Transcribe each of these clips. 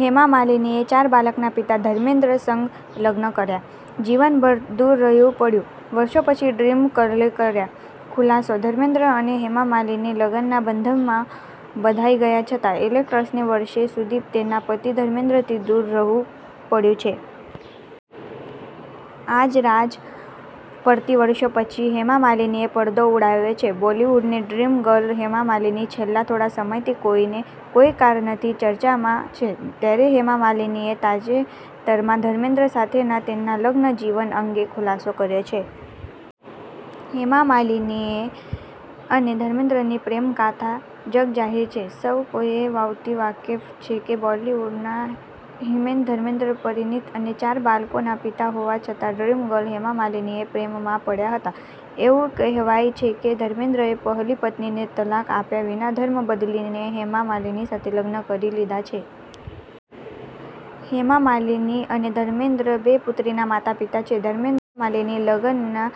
હેમા માલિનીએ ચાર બાળકના પિતા ધર્મેન્દ્ર સંગ લગ્ન કર્યા, જીવનભર દુર રહેવું પડ્યું, વર્ષો પછી ડ્રીમ ગર્લે કર્યા ખુલાસો. ધર્મેન્દ્ર અને હેમા માલિની લગ્નના બંધનમાં બધાઇ ગયા છતાં એક્ટ્રેસને વર્ષો સુધી તેના પતિ ધર્મેન્દ્રથી દૂર રહેવું પડ્યું છે. આ રાજ પરથી વર્ષો પછી હેમા માલિનીએ પડ઼દો ઉઠાવ્યો છે. બોલિવૂડની ડ્રીમ ગર્લ હેમા માલિની છેલ્લા થોડા સમયથી કોઇને કોઇ કારણથી ચર્ચામાં છે. ત્યારે હેમા માલિનીએ તાજેતરમાં ધર્મેન્દ્ર સાથેના તેના લગ્ન જીવન અંગે ખુલાસો કર્યો છે. હેમા માલિની અને ધર્મેન્દ્રની પ્રેમગાથા જગજાહેર છે. સૌકોઇ એ વાતથી વાકેફ છે કે બોલિવૂડના હિમેન ધર્મેન્દ્ર પરિણીતી અને ચાર બાળકોના પિતા હોવા છતાં ડ્રીમ ગર્લ હેમા માલિનીના પ્રેમમાં પડ્યા હતા. એવું કહેવાય છે કે ધર્મેન્દ્રએ પહેલી પત્નીને તલાક આપ્યા વિના ધર્મ બદલીને હેમા માલિની સાથે લગ્ન કરી લીધા છે. હેમા માલિની અને ધર્મેન્દ્ર બે પુત્રીના માતા-પિતા છે. ધર્મેન્દ્ર અને હેમા માલિની લગ્નના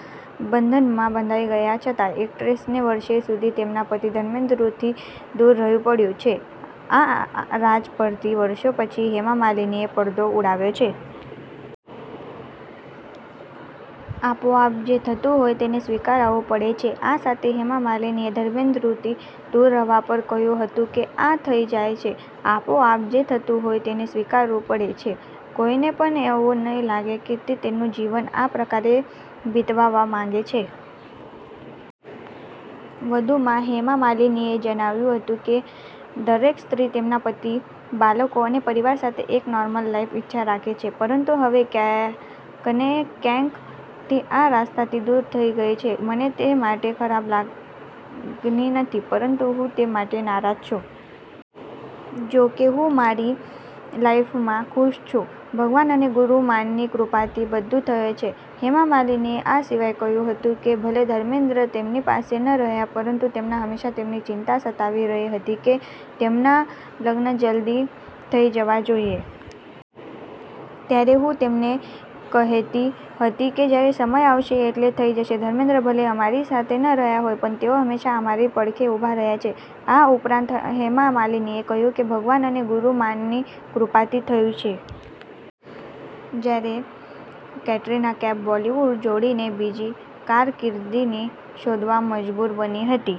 બંધનમાં બંધાઇ ગયા છતાં એક્ટ્રેસને વર્ષો સુધી તેના પતિ ધર્મેન્દ્રથી દૂર રહેવું પડ્યું છે. આ રાજ પરથી વર્ષો પછી હેમા માલિનીએ પડ઼દો ઉઠાવ્યો છે. 'આપોઆપ જે થતું હોય તેને સ્વીકારવું પડે છે' આ સાથે હેમા માલિનીએ ધર્મેન્દ્રથી દુર રહેવા પર કહ્યું હતું કે, 'આ થઇ જાય છે. આપેમેળે જે થતું હોય તેને સ્વીકારવું પડે છે, કોઇને પણ એવું નહીં લાગે કે તે તેનું જીવન આ પ્રકારે વિતવવા માંગે છે'. વધુમાં હેમા માલિનીએ જણાવ્યું હતું કે, દરેક સ્ત્રી તેના પતિ, બાળકો અને પરિવાર સાથે એક નોર્મલ લાઇફ ઇચ્છે છે. પરંતુ હવે ક્યાંકને ક્યાંક તે આ રસ્તેથી દૂર થઇ ગઇ છે. મને તે માટે ખરાબ લાગણી નથી, પરંતુ હું તે માટે નારાજ છું. જો કે, હું મારી લાઇફમાં ખુશ છું. 'ભગવાન અને ગુર માંની કૃપાથી બધુ થયું છે'. હેમા માલિની આ સિવાય કહ્યું હતું કે, 'ભલે ઘર્મેન્દ્ર તેની પાસે ન રહ્યા, પરંતુ તેને હંમેશા તેમની ચિંતા સતાવી રહી હતી કે, તેમના લગ્ન જલ્દી થઇ જવા જોઇએ. ત્યારે હું તેમને કહેતી હતી કે જ્યારે સમય આવશે એટલે થઇ જશે. ધર્મેન્દ્ર ભલે અમારી સાથે ન રહ્યા હોય, પણ તેઓ હંમેશા અમારી પડખે ઉભા રહ્યા છે'. આ ઉપરાંત હેમા માલિનીએ કહ્યું કે, 'ભગવાન અને ગુર માંની કૃપાથી થયું છે'. જ્યારે કેટરીના કૈફ બોલિવૂડ છોડીને બીજી કારકિર્દીની શોધવા મજબૂર બની હતી.